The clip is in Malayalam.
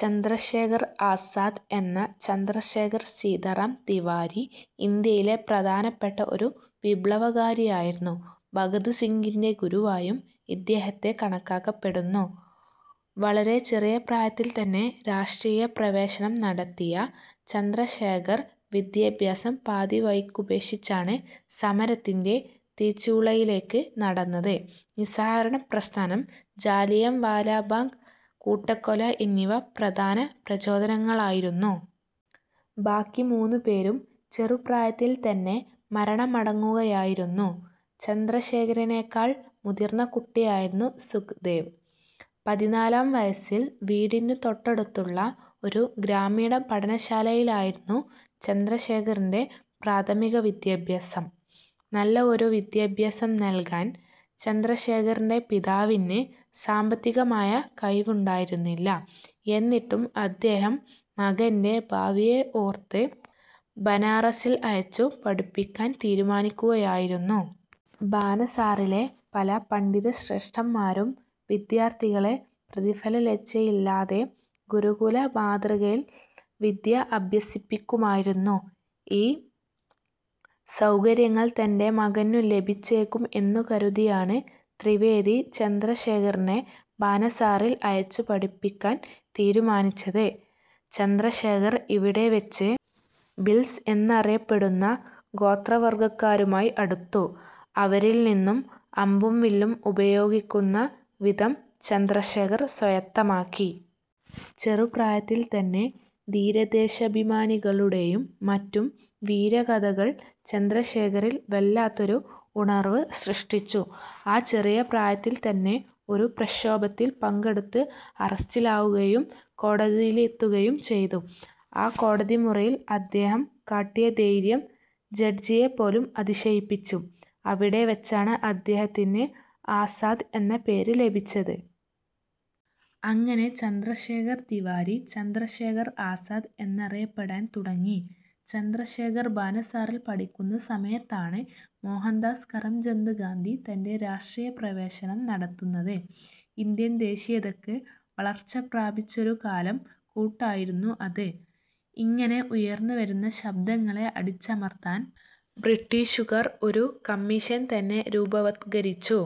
ചന്ദ്രശേഖർ ആസാദ് എന്ന ചന്ദ്രശേഖർ സീതാറാം തിവാരി, ഇന്ത്യയിലെ പ്രധാനപ്പെട്ട ഒരു വിപ്ലവകാരിയായിരുന്നു. ഭഗത് സിംഗിന്റെ ഗുരുവായും ഇദ്ദേഹത്തെ കണക്കാക്കപ്പെടുന്നു. വളരെ ചെറിയപ്രായത്തിൽ തന്നെ രാഷ്ട്രീയ പ്രവേശനം നടത്തിയ ചന്ദ്രശേഖർ വിദ്യാഭ്യാസം പാതിവഴിക്കുപേക്ഷിച്ചാണ് സമരത്തിന്റെ തീച്ചൂളയിലേക്ക് നടന്നത്. നിസ്സഹകരണപ്രസ്ഥാനം, ജാലിയൻവാലാബാഗ് കൂട്ടക്കൊല എന്നിവ പ്രധാന പ്രചോദനങ്ങളായിരുന്നു. ബാക്കി മൂന്നുപേരും ചെറുപ്രായത്തിൽ തന്നെ മരണമടയുകയായിരുന്നു. ചന്ദ്രശേഖറിനേക്കാൾ മുതിർന്ന കുട്ടിയായിരുന്നു സുഖ്ദേവ്. പതിനാലാം വയസ്സിൽ വീടിനു തൊട്ടടുത്തുള്ള ഒരു ഗ്രാമീണപാഠശാലയിലായിരുന്നു ചന്ദ്രശേഖറിന്റെ പ്രാഥമിക വിദ്യാഭ്യാസം. നല്ല ഒരു വിദ്യാഭ്യാസം നൽകാൻ ചന്ദ്രശേഖറിന്റെ പിതാവിന് സാമ്പത്തികമായ കഴിവുണ്ടായിരുന്നില്ല. എന്നിട്ടും അദ്ദേഹം മകന്റെ ഭാവിയെ ഓർത്ത് ബനാറസിൽ അയച്ചു പഠിപ്പിക്കാൻ തീരുമാനിക്കുകയായിരുന്നു. ബനാറസിൽ പല പണ്ഡിതശ്രേഷ്ഠന്മാരും വിദ്യാർത്ഥികളെ പ്രതിഫലേച്ഛയില്ലാതെ ഗുരുകുല മാതൃകയിൽ വിദ്യ അഭ്യസിപ്പിക്കുമായിരുന്നു. ഈ സൗകര്യങ്ങൾ തന്റെ മകനു ലഭിച്ചേക്കും എന്നു കരുതിയാണ് ത്രിവേദി ചന്ദ്രശേഖറിനെ ബനാറസിൽ അയച്ചു പഠിപ്പിക്കാൻ തീരുമാനിച്ചത്. ചന്ദ്രശേഖർ ഇവിടെ വച്ച് ഭിൽസ് എന്നറിയപ്പെടുന്ന ഗോത്രവർഗ്ഗക്കാരുമായി അടുത്തു, അവരിൽ നിന്നും അമ്പും വില്ലും ഉപയോഗിക്കുന്ന വിധം ചന്ദ്രശേഖർ സ്വായത്തമാക്കി. ചെറുപ്രായത്തിൽ തന്നെ ധീരദേശാഭിമാനികളുടേയും മറ്റും വീരകഥകൾ ചന്ദ്രശേഖറിൽ വല്ലാത്തൊരു ഉണർവ് സൃഷ്ടിച്ചിരുന്നു. ആ ചെറിയ പ്രായത്തിൽ തന്നെ ഒരു പ്രക്ഷോഭത്തിൽ പങ്കെടുത്ത് അറസ്റ്റിലാവുകയും കോടതിയിലെത്തുകയും ചെയ്തു. ആ കോടതിമുറിയിൽ അദ്ദേഹം കാട്ടിയ ധൈര്യം ജഡ്ജിയെപ്പോലും അതിശയിപ്പിച്ചു. അവിടെ വച്ചാണ് അദ്ദേഹത്തിന് 'ആസാദ്' എന്ന പേര് ലഭിച്ചത്. അങ്ങനെ ചന്ദ്രശേഖർ തിവാരി, ചന്ദ്രശേഖർ ആസാദ് എന്നറിയപ്പെടാൻ തുടങ്ങി. ചന്ദ്രശേഖർ ബനാറസിൽ പഠിക്കുന്ന സമയത്താണ് മോഹൻദാസ് കരംചന്ദ് ഗാന്ധി തന്റെ രാഷ്ട്രീയപ്രവേശം നടത്തുന്നത്. ഇന്ത്യൻ ദേശീയതക്ക് വളർച്ച പ്രാപിക്കുന്നൊരു കാലം കൂടിയായിരുന്നു അത്. ഇങ്ങനെ ഉയർന്നു വരുന്ന ശബ്ദങ്ങളെ അടിച്ചമർത്താൻ ബ്രിട്ടീഷുകാർ ഒരു കമ്മീഷൻ തന്നെ രൂപവത്കരിച്ചു.